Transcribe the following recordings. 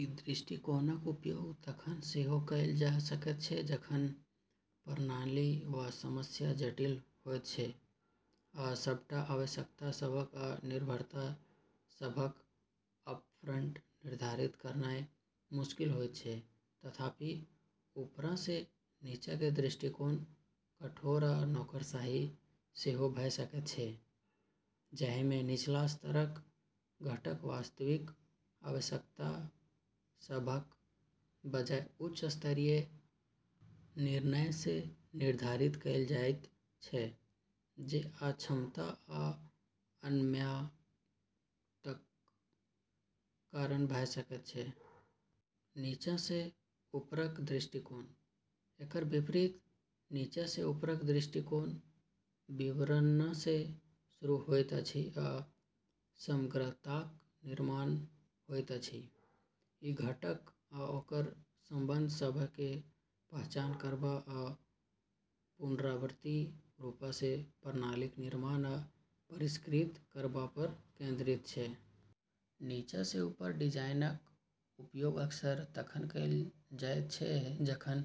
ई दृष्टिकोणक उपयोग तखन सेहो कएल जा सकैत छै जखन प्रणाली वा समस्या जटिल होइत छै, आ सबटा आवश्यकता सभक आ निर्भरता सभक अपफ्रंट निर्धारित करनाइ मुश्किल होइत छै। तथापि, ऊपरसँ नीचाक दृष्टिकोण कठोर आ नौकरशाही सेहो भऽ सकैत छै, जाहिमे निचला स्तरक घटक वास्तविक आवश्यकता सभक बजाय उच्च स्तरीय निर्णयसँ निर्धारित कएल जाइत छै, जे अक्षमता आ अनम्यताक कारण भऽ सकैत छै। नीचाँसँ ऊपरक दृष्टिकोण: एकर विपरीत नीचाँसँ ऊपरक दृष्टिकोण विवरणसँ शुरू होइत अछि आ समग्रताक निर्माण होइत अछि। ई घटक आ ओकर संबंध सभकेँ पहचान करबा आ पुनरावर्ती रूपसँ प्रणालीक निर्माण आ परिष्कृत करबापर केंद्रित छै। नीचाँसँ ऊपर डिजाइनक उपयोग अक्सर तखन कएल जाइत छै जखन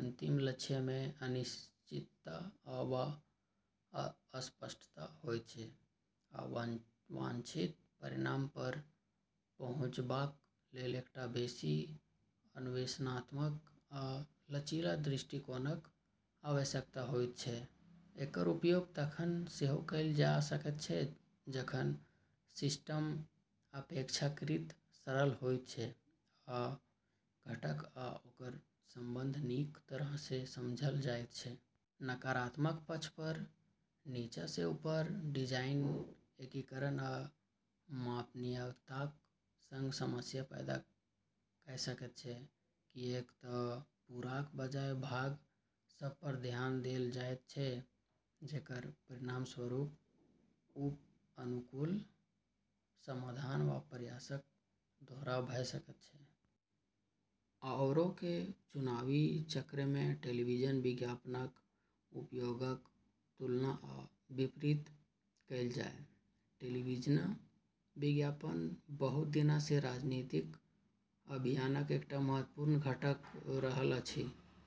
अंतिम लक्ष्यमे अनिश्चितता वा अस्पष्टता होइत छै, आ वांछित परिणामपर पहुँचबाक लेल एकटा बेसी अन्वेषणात्मक आ लचीला दृष्टिकोणक आवश्यकता होइत छै। एकर उपयोग तखन सेहो कएल जा सकैत छै जखन सिस्टम अपेक्षाकृत सरल होइत छै, आ घटक आ ओकर संबंध नीक तरहसँ समझल जाइत छै। नकारात्मक पक्षपर, नीचाँसँ ऊपर डिजाइन एकीकरण आ मापनीयताक संग समस्या पैदा कऽ सकैत छै, किऐक तऽ पूराक बजाय भाग सभपर ध्यान देल जाइत छै, जेकर परिणामस्वरूप उप-अनुकूल समाधान वा प्रयासक दोहराव भऽ सकैत छै। आओरके चुनावी चक्रमे टेलीविजन विज्ञापनक उपयोगक तुलना आ विपरीत कएल जाय। टेलीविजन विज्ञापन बहुत दिनसँ राजनीतिक अभियानक एकटा महत्वपूर्ण घटक रहल अछि।